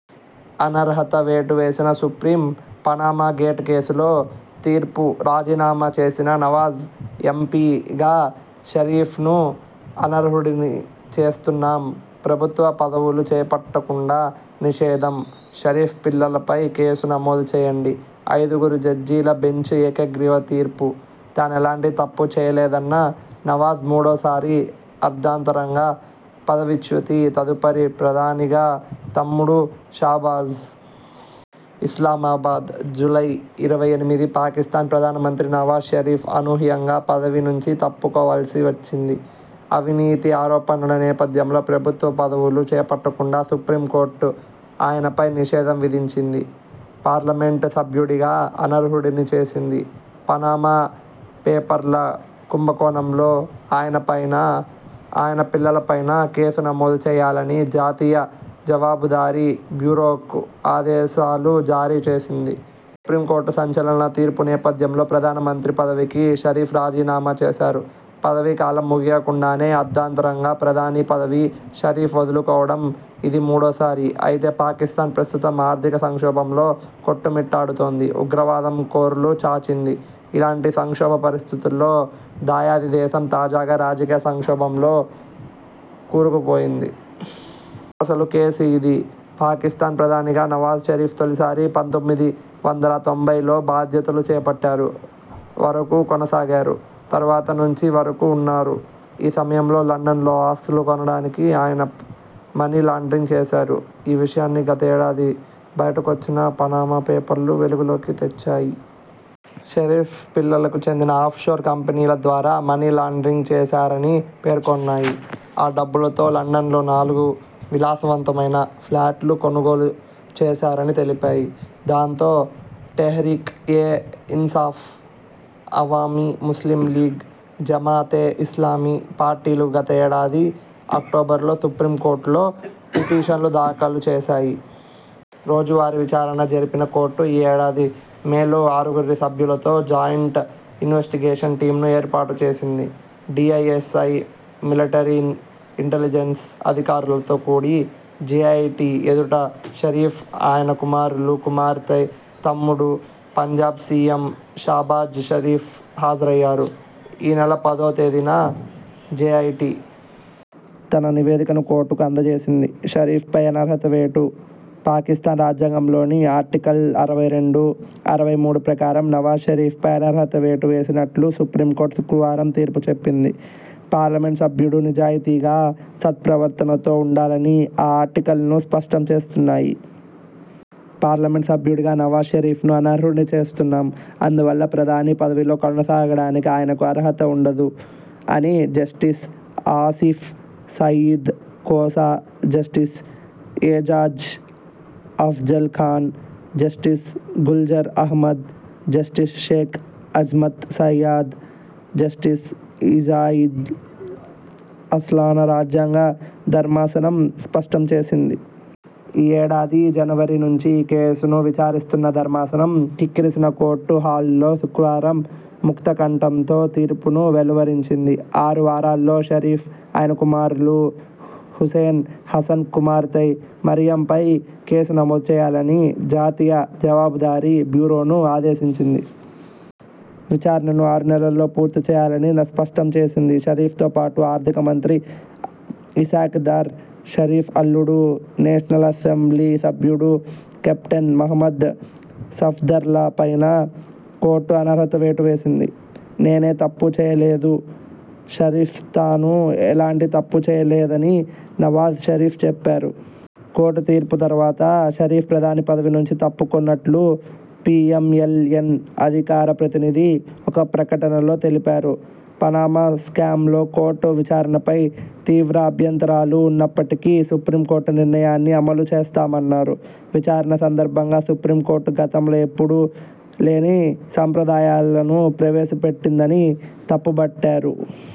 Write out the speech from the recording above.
అనర్హత వేటు వేసిన సుప్రీం పనామా గేట్ కేసులో తీర్పురాజీనామా చేసిన నవాజ్ ఎం.పి గా షరీఫ్ను అనర్హుడిని చేస్తున్నాం ప్రభుత్వ పదవులు చేపట్టకుండా నిషేధం షరీఫ్, పిల్లలపై కేసు నమోదు చేయండి ఐదుగురు జడ్జిల బెంచి ఏకగ్రీవ తీర్పు తానెలాంటి తప్పు చేయలేదన్న నవాజ్ మూడోసారి అర్థాంతరంగా పదవీచ్యుతి తదుపరి ప్రధానిగా తమ్ముడు షాబాజ్? ఇస్లామాబాద్, జూలై ఇరవై ఎనిమిది పాకిస్థాన్ ప్రధాన మంత్రి నవాజ్ షరీఫ్ అనూహ్యంగా పదవి నుంచి తప్పుకోవాల్సి వచ్చింది. అవినీతి ఆరోపణల నేపథ్యంలో, ప్రభుత్వ పదవులు చేపట్టకుండా సుప్రీం కోర్టు ఆయనపై నిషేధం విధించింది. పార్లమెంటు సభ్యుడిగా అనర్హుడిని చేసింది. పనామా పేపర్ల కుంభ కోణంలో ఆయన పైనా, ఆయన పిల్లల పైనా కేసు నమోదు చేయాలని జాతీయ జవాబుదారీ బ్యూరోకు ఆదేశాలు జారీ చేసింది. సుప్రీం కోర్టు సంచలన తీర్పు నేపథ్యంలో ప్రధాన మంత్రి పదవికి షరీఫ్ రాజీనామా చేశారు. పదవీ కాలం ముగియకుండానే అర్థాంతరంగా ప్రధాని పదవిని షరీఫ్ వదులుకోవడం ఇది మూడోసారి. అయితే, పాకిస్థాన్ ప్రస్తుతం ఆర్థిక సంక్షోభంలో కొట్టుమిట్టాడుతోంది. ఉగ్రవాదం కోరలు చాచింది. ఇలాంటి సంక్షోభ పరిస్థితుల్లో దాయాది దేశం తాజాగా రాజకీయ సంక్షోభంలో కూరుకుపోయింది. అసలు కేసు ఇదీ! పాకిస్థాన్ ప్రధానిగా నవాజ్ షరీఫ్ తొలిసారి పంతొమ్మిది వందల తొంభైలో బాధ్యతలు చేపట్టారు. వరకూ కొనసాగారు. తర్వాత నుంచి వరకూ ఉన్నా రు. ఈ సమయంలో లండన్ లో ఆస్తులు కొనడానికి ఆయన మనీ లాండరింగ్ చేశారు. ఈ విషయాన్ని గత ఏడాది బయటకొచ్చిన పనామా పేపర్లు వెలుగులోకి తెచ్చాయి. షరీఫ్ పిల్లలకు చెందిన ఆఫ్షోర్ కంపెనీల ద్వారా మనీ లాండరింగ్ చేశారని పేర్కొన్నాయి. ఆ డబ్బుతో లండన్లో నాలుగు విలాసవంతమైన ఫ్లాట్లు కొనుగోలు చేశారని తెలిపాయి. దాంతో, తెహ్రీక్ ఏ ఇన్సాఫ్, అవామీ ముస్లిం లీగ్, జామా తే ఇస్లామీ పార్టీలు గత ఏడాది అక్టోబరులో సుప్రీం కోర్టులో పిటిషన్లు దాఖలు చేశాయి. రోజువారీ విచారణ జరిపిన కోర్టు ఈ ఏడాది మేలో ఆరుగురు సభ్యులతో జాయింట్ ఇన్వెస్టిగేషన్ టీమ్ను ఏర్పాటు చేసిం ది. ఐ.ఎస్.ఐ, మిలటరీ ఇంటెలిజెన్స్ అధికారులతో కూడిన జే.ఐ.టీ ఎదుట షరీఫ్, ఆయన కుమారులు, కుమార్తె, తమ్ముడు, పంజాబ్ సీ.ఎం షాబాజ్ షరీఫ్ హాజరయ్యారు. ఈ నెల పదో తేదీన జే.ఐ.టీ తన నివేదికను కోర్టుకు అందజేసింది. షరీఫ్ పై అనర్హత వేటు. పాకిస్థాన్ రాజ్యాంగంలోని ఆర్టికల్స్ అరవై రెండు, అరవై మూడు ప్రకారం నవాజ్ షరీఫ్పై అనర్హత వేటు వేస్తున్నట్లు సుప్రీం కోర్టు శుక్రవారం తీర్పు చెప్పింది. పార్లమెంటు సభ్యుడు నిజాయతీగా, సత్ప్రవర్తనతో ఉండాలని ఆ ఆర్టికళ్లు స్పష్టం చేస్తున్నాయి. ''పార్లమెంటు సభ్యుడిగా నవాజ్ షరీఫ్ను అనర్హుడిని చేస్తున్నాం. అందువల్ల ప్రధాని పదవిలో కొనసాగడానికి ఆయనకు అర్హత ఉండదు'' అని justice Asif Saeed Khosa, justice Ejaz Afzal Khan, justice Gulzar Ahmed, justice Sheikh Azmat Saeed, justice Ijazul అహ్సాన్ల రాజ్యాంగ ధర్మాసనం స్పష్టం చేసింది. ఈ ఏడా ది జనవరి నుంచి ఈ కేసును విచారిస్తున్న ధర్మాసనం.. కిక్కిరిసిన కోర్టు హాలులో శుక్రవారం ముక్త కంఠంతో తీర్పు ను వెలువరించింది. ఆరు వారాల్లో షరీఫ్, ఆయన కుమారులు హుస్సేన్, హసన్, కుమార్తె మరియంపై కేసు నమోదు చేయాలని జాతీయ జవాబుదారీ బ్యూరోను ఆదేశించింది. విచారణను ఆరు నెలల్లో పూర్తి చేయాలని స్పష్టం చేసింది. షరీఫ్ తో పాటు ఆర్థిక మంత్రి ఇషాక్ దార్, షరీఫ్ అల్లుడు, నేషనల్ అసెంబ్లీ సభ్యుడు కెప్టెన్ మహ్మద్ సఫ్దార్ల పైనా కోర్టు అనర్హత వేటు వేసింది. నేనే తప్పూ చేయలేదు షరీఫ్తాను ఎలాంటి తప్పు చేయలేదని నవాజ్ షరీఫ్ చెప్పారు. కోర్టు తీర్పు తర్వాత షరీఫ్ ప్రధాని పదవి నుంచి తప్పుకొంటున్నట్లు పీ.ఎం.ఎల్. ఎన్ అధికార ప్రతినిధి ఒక ప్రకటనలో తెలిపారు. పనామా స్కాంలో కోర్టు విచారణపై తీవ్ర అభ్యంతరాలు ఉన్నప్పటికీ, సుప్రీం కోర్టు నిర్ణయాన్ని అమలు చేస్తామన్నారు. విచారణ సందర్భంగా సుప్రీం కోర్టు గతంలో ఎప్పుడూ లేని సంప్రదాయాలను ప్రవేశపెట్టిందని తప్పుబట్టారు.